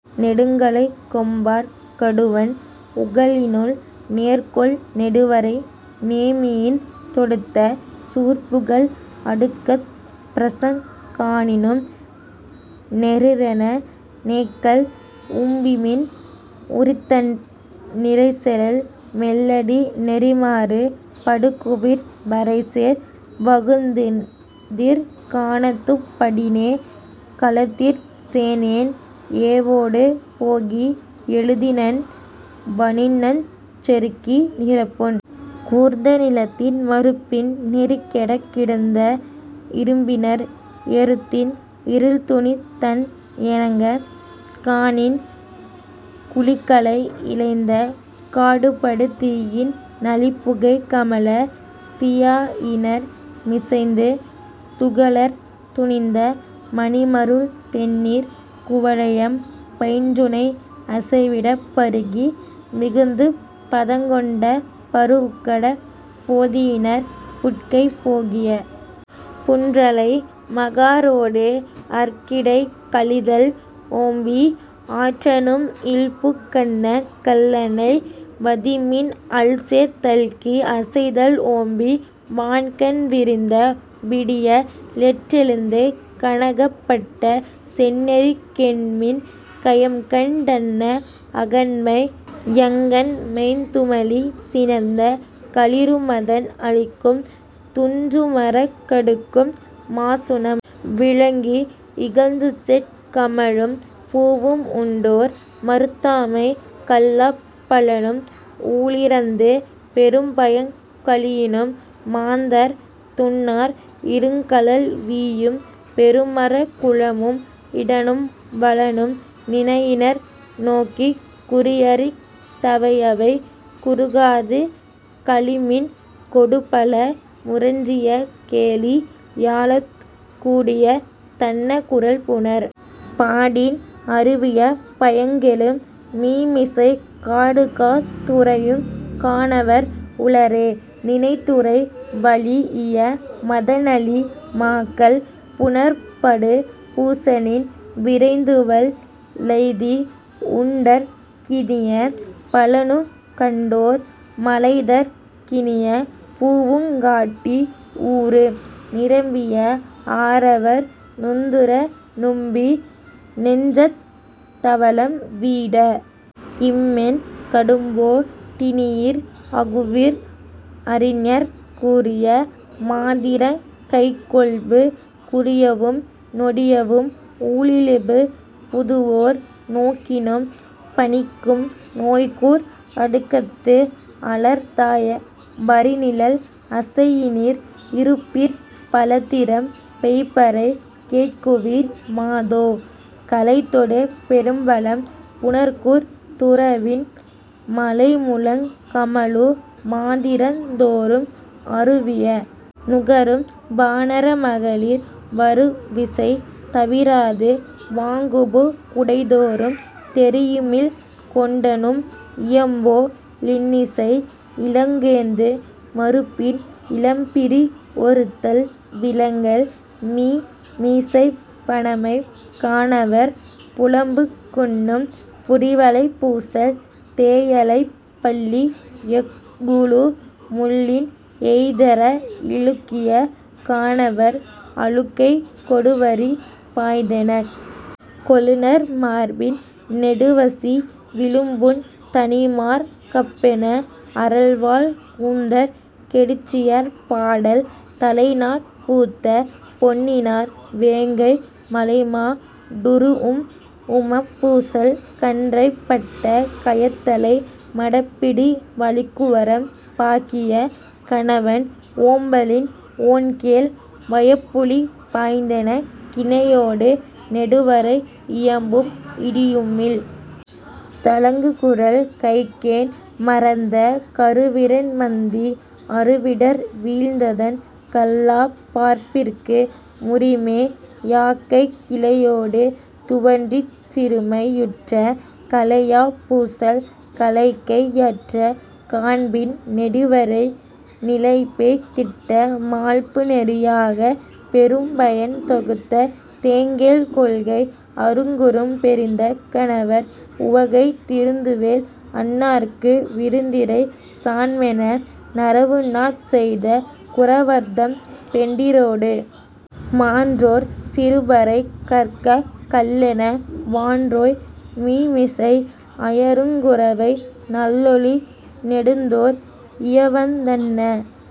நெடுங்கழைக் கொம்பர்க் கடுவன் உகளினுல் நேர்கொள் நெடுவரை நேமியின் தொடுத்த சூர்புகல் அடுக்கத்துப் பிரசங் காணினும் ஞெரேரென நோக்கல் ஓம்புமின் உரித்தன்று நிரைசெலல் மெல்லடி நெறிமாறு படுகுவிர் வரைசேர் வகுந்திற் கானத்துப் படினே கழுதிற் சேணன் ஏவொடு போகி இழுதி னன்ன வனிணஞ் செருக்கி நிறப்புண் கூர்ந்த நிலந்தின் மருப்பின் நெறிக்கெடக் கிடந்த இரும்பிணர் எருத்தின் இருள்துணிந் தன்ன ஏனங் காணின் முளிகழை இழைந்த காடுபடு தீயின் நளிபுகை கமழா திறாயினிர் மிசைந்து துகளறத் துணிந்த மணிமருள் தெண்ணீர் குவளையம் பைஞ்சுனை அசைவிடப் பருகி மிகுத்துப் பதங்கொண்ட பரூஉக்கட் பொதியினிர் புட்கை போகிய புன்றலை மகாரோடு அற்கிடை கழிதல் ஓம்பி ஆற்றநும் இல்புக் கன்ன கல்லளை வதிமின் அல்சேர்ந் தல்கி அசைதல் ஓம்பி வான்கண் விரிந்த விடிய லேற்றெழுந்து கானகப் பட்ட செந்நெறிக் கொண்மின் கயம்கண் டன்ன அகன்பை யங்கண் மைந்துமலி சினத்த களிறுமதன் அழிக்கும் துஞ்சுமரங் கடுக்கும் மாசுணம் விலங்கி இகந்துசேட் கமழும் பூவும் உண்டோ ர் மறந்தாமை கல்லாப் பழனும் ஊழிறந்து பெரும்பயங் கழியினும் மாந்தர் துன்னார் இருங்கால் வீயும் பெருமரக் குழாமும் இடனும் வலனும் நினையினர் நோக்கிக் குறியறிக் தவையவை குறுகாது கழிமின் கோடுபல முரஞ்சிய கோளி யாலத்துக் கூடியத் தன்ன குரல்புணர் பாடின் அருவியப் பயங்கெழு மீமிசைக் காடுகாத் துறையுங் கானவர் உளரே நிலைத்துறை வழீஇய மதனழி மாக்கள் புனற்படு பூசலின் விரைந்துவல் லெய்தி உண்டற் கினிய பழனுங் கண்டோ ர் மலைதற் கினிய பூவுங் காட்டி ஊறு நிரம்பிய ஆறவர் முந்துற நும்மி னெஞ்சத் தவலம் வீட இம்மென் கடும்போ டினியிர் அகுவிர் அறிஞர் கூறிய மாதிரங் கைக்கொள்பு குறியவும் நொடியவும் ஊழிழிபு புதுவோர் நோக்கினும் பனிக்கும் நோய்கூர் அடுக்கத்து அலர்தாய வரிநிழல் அசையினிர் இருப்பிற் பலதிறம் பெயர்பவை கேட்குவிர் மாதோ கலைதொடு பெரும்பழம் புண்கூர்ந் தூறலின் மலைமுழுதுங் கமழு மாதிரந் தோறும் அருவிய நுகரும் வானர மகளிர் வருவிசை தவிராது வாங்குபு குடைதொறும் தெரியிமிழ் கொண்டநும் இயம்போ லின்னிசை இலங்கேந்து மருப்பின் இனம்பிரி ஒருத்தல் விலங்கல் மீமிசைப் பணவைக் கானவர் புலம்புக் குண்ணும் புரிவளைப் பூசல் தேயளைப் பள்ளி எஃகுறு முள்ளின் எய்தெற இழுக்கிய கானவர் அழுகை கொடுவரி பாய்ந்தெனக் கொழுநர் மார்பின் நெடுவசி விழுப்புண் தணிமார் கப்பென அறல்வாழ் கூந்தற் கடிச்சியர் பாடல் தலைநாட் பூத்த பொன்னிணர் வேங்கை மலைமா ரிடூஉம் ஏமப் பூசல் கன்றரைப் பட்ட கயந்தலை மடப்பிடி வலிக்குவரம் பாகிய கணவன் ஓம்பலின் ஒண்கேழ் வயப்புலி பாய்ந்தெனக் கிளையொடு நெடுவரை இயம்பும் இடியுமிழ் தழங்குகுரல் கைக்கேண் மறந்த கருவிரன் மந்தி அருவிடர் வீழ்ந்ததன் கல்லாப் பார்ப்பிற்கு முறிமே யாக்கைக் கிளையொடு துவன்றிச் சிறுமை யுற்ற களையாப் பூசல் கலைகை யற்ற காண்பின் நெடுவரை நிலைபெய் திட்ட மால்புநெறி யாகப் பெரும்பயன் தொகுத்த தேங்கேள் கொள்ளை அருங்குறும் பெறிந்த கானவர் உவகை திருந்துவேல் அண்ணற்கு விருந்திறை சான்மென நறவுநாட் செய்த குறவர்தம் பெண்டிரொடு... மான்றோற் சிறுபறை கறங்கக் கல்லென வான்றோய் மீமிசை அயருங் குரவை நல்லொழி னெடுந்தோர் இயவுவந் தன்ன